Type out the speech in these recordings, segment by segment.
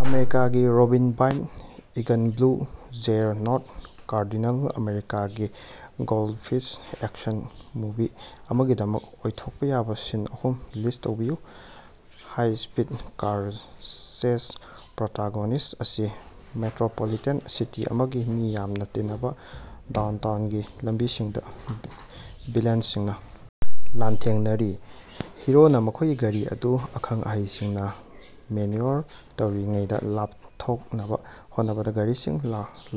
ꯑꯃꯦꯔꯤꯀꯥꯒꯤ robin bald eagle blue jay north cardinal ꯑꯃꯦꯔꯤꯀꯥꯒꯤ goldfinch action movie ꯑꯃꯒꯤꯗꯃꯛ ꯑꯣꯏꯊꯣꯛꯄ ꯌꯥꯕ ꯁꯤꯟ ꯑꯍꯨꯝ ꯂꯤꯁꯠ ꯇꯧꯕꯤꯌꯨ꯫ ꯍꯥꯏ-ꯁ꯭ꯄꯤꯗ ꯀꯥꯔ ꯆꯦꯖ: ꯄ꯭ꯔꯣꯇꯥꯒꯣꯅꯤꯁꯠ ꯑꯁꯤ ꯃꯦꯇ꯭ꯔꯣꯄꯣꯂꯤꯇꯦꯟ ꯁꯤꯇꯤ ꯑꯃꯒꯤ ꯃꯤ ꯌꯥꯝꯅ ꯇꯤꯟꯅꯕ ꯗꯥꯎꯟꯇꯥꯎꯟꯒꯤ ꯂꯝꯕꯤꯁꯤꯡꯗ ꯚꯤꯂꯦꯟꯁꯤꯡꯅ ꯂꯥꯟꯊꯦꯡꯅꯔꯤ꯫ ꯍꯤꯔꯣꯅ ꯃꯈꯣꯏꯒꯤ ꯒꯥꯔꯤ ꯑꯗꯨ ꯑꯈꯪ-ꯑꯍꯩꯁꯤꯡꯅ ꯃꯦꯅ꯭ꯌꯨꯑꯣꯔ ꯇꯧꯔꯤꯉꯩꯗ ꯂꯥꯞꯊꯣꯛꯅꯕ ꯍꯣꯠꯅꯕꯗ ꯒꯥꯔꯤꯁꯤꯡ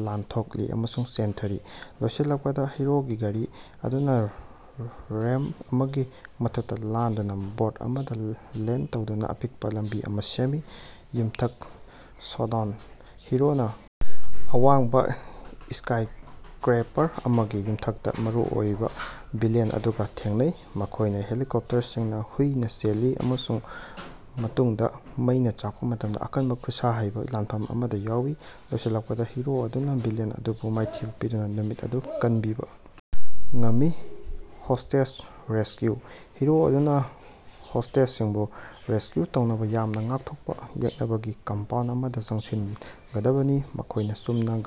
ꯂꯥꯟꯊꯣꯛꯂꯤ ꯑꯃꯁꯨꯡ ꯆꯦꯟꯊꯔꯤ꯫ ꯂꯣꯏꯁꯤꯜꯂꯛꯄꯗ ꯍꯤꯔꯣꯒꯤ ꯒꯥꯔꯤ ꯑꯗꯨꯅ ꯔꯦꯝꯄ ꯑꯃꯒꯤ ꯃꯊꯛꯇ ꯂꯥꯟꯗꯨꯅ ꯕꯣꯠ ꯑꯃꯗ ꯂꯦꯟꯗ ꯇꯧꯗꯨꯅ ꯑꯄꯤꯛꯄ ꯂꯝꯕꯤ ꯑꯃ ꯁꯦꯝꯃꯤ꯫ ꯌꯨꯝꯊꯛ ꯁꯣꯗꯥꯎꯟ: ꯍꯤꯔꯣꯅ ꯑꯋꯥꯡꯕ ꯁ꯭ꯀꯥꯏꯀ꯭ꯔꯦꯄꯔ ꯑꯃꯒꯤ ꯌꯨꯝꯊꯛꯇ ꯃꯔꯨꯑꯣꯏꯕ ꯚꯤꯂꯦꯟ ꯑꯗꯨꯒ ꯊꯦꯡꯅꯩ꯫ ꯃꯈꯣꯏꯅ ꯍꯦꯂꯤꯀꯣꯞꯇꯔꯁꯤꯡꯅ ꯍꯨꯏꯅ ꯆꯦꯜꯂꯤ ꯑꯃꯁꯨꯡ ꯃꯇꯨꯡꯗ ꯃꯩꯅ ꯆꯥꯛꯄ ꯃꯇꯝꯗ ꯑꯀꯟꯕ ꯈꯨꯠꯁꯥ ꯍꯩꯕ ꯂꯥꯟꯐꯝ ꯑꯃꯗ ꯌꯥꯎꯏ꯫ ꯂꯣꯏꯁꯤꯜꯂꯛꯄꯗ ꯍꯤꯔꯣ ꯑꯗꯨꯅ ꯚꯤꯂꯦꯟ ꯑꯗꯨꯕꯨ ꯃꯥꯏꯊꯤꯕ ꯄꯤꯗꯨꯅ ꯅꯨꯃꯤꯠ ꯑꯗꯨ ꯀꯟꯕꯤꯕ ꯉꯝꯃꯤ꯫ ꯍꯣꯁ꯭ꯇꯦꯖ ꯔꯦꯁꯀ꯭ꯌꯨ: ꯍꯤꯔꯣ ꯑꯗꯨꯅ ꯍꯣꯁ꯭ꯇꯦꯖꯁꯤꯡꯕꯨ ꯔꯦꯁꯀ꯭ꯌꯨ ꯇꯧꯅꯕ ꯌꯥꯝꯅ ꯉꯥꯛꯊꯣꯛꯄ ꯌꯦꯛꯅꯕꯒꯤ ꯀꯝꯄꯥꯎꯟꯗ ꯑꯃꯗ ꯆꯪꯁꯤꯟꯒꯗꯕꯅꯤ꯫ ꯃꯈꯣꯏꯅ ꯆꯨꯝꯅ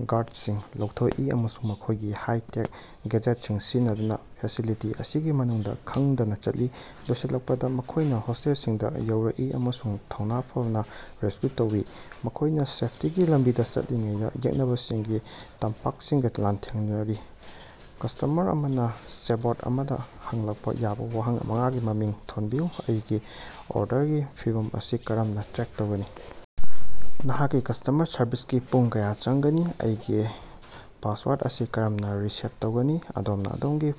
ꯒꯥꯔꯗꯁꯤꯡ ꯂꯧꯊꯣꯛꯏ ꯑꯃꯁꯨꯡ ꯃꯈꯣꯏꯒꯤ ꯍꯥꯏ-ꯇꯦꯛ ꯒꯦꯗꯖꯦꯠꯁꯤꯡ ꯁꯤꯖꯤꯟꯅꯗꯨꯅ ꯐꯦꯁꯤꯂꯤꯇꯤ ꯑꯁꯤꯒꯤ ꯃꯅꯨꯡꯗ ꯈꯪꯗꯅ ꯆꯠꯂꯤ꯫ ꯂꯣꯏꯁꯤꯜꯂꯛꯄꯗ, ꯃꯈꯣꯏꯅ ꯍꯣꯁ꯭ꯇꯦꯖꯁꯤꯡꯗ ꯌꯧꯔꯛꯏ ꯑꯃꯁꯨꯡ ꯊꯧꯅꯥ ꯐꯅ ꯔꯦꯁꯀ꯭ꯌꯨ ꯇꯧꯋꯤ꯫ ꯃꯈꯣꯏꯅ ꯁꯦꯐꯇꯤꯒꯤ ꯂꯝꯕꯤꯗ ꯆꯠꯂꯤꯉꯩꯗ ꯌꯦꯛꯅꯕꯁꯤꯡꯒꯤ ꯇꯝꯄꯥꯛꯁꯤꯡꯒ ꯂꯥꯟꯊꯦꯡꯅꯔꯤ꯫ ꯀꯁ꯭ꯇꯃꯔ ꯑꯃꯅ ꯆꯦꯠꯕꯣꯠ ꯑꯃꯗ ꯍꯪꯂꯛꯄ ꯌꯥꯕ ꯋꯥꯍꯪ ꯃꯉꯥꯒꯤ ꯃꯃꯤꯡ ꯊꯣꯟꯕꯤꯌꯨ꯫ ꯑꯩꯒꯤ ꯑꯣꯔꯗꯔꯒꯤ ꯐꯤꯚꯝ ꯑꯁꯤ ꯀꯔꯝꯅ ꯇ꯭ꯔꯦꯛ ꯇꯧꯒꯅꯤ? ꯅꯍꯥꯛꯀꯤ ꯀꯁ꯭ꯇꯃꯔ ꯁꯔꯚꯤꯁꯀꯤ ꯄꯨꯡ ꯀꯌꯥ ꯆꯪꯒꯅꯤ? ꯑꯩꯒꯤ ꯄꯥꯁꯋꯥꯔꯗ ꯑꯁꯤ ꯀꯔꯝꯅ ꯔꯤꯁꯦꯠ ꯇꯧꯒꯅꯤ? ꯑꯗꯣꯝꯅ ꯑꯗꯣꯝꯒꯤ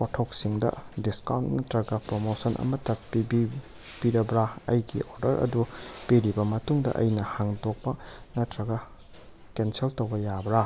ꯄꯣꯠꯊꯣꯛꯁꯤꯡꯗ ꯗꯤꯁꯀꯥꯎꯟꯇ ꯅꯠꯇ꯭ꯔꯒ ꯄ꯭ꯔꯣꯃꯣꯁꯟ ꯑꯃꯠꯇ ꯄꯤꯕꯤ ꯄꯤꯔꯕ꯭ꯔꯥ? ꯑꯩꯒꯤ ꯑꯣꯔꯗꯔ ꯑꯗꯨ ꯄꯤꯔꯕ ꯃꯇꯨꯡꯗ ꯑꯩꯅ ꯍꯣꯡꯗꯣꯛꯄ ꯅꯠꯇ꯭ꯔꯒ ꯀꯦꯟꯁꯦꯜ ꯇꯧꯕ ꯌꯥꯕ꯭ꯔꯥ?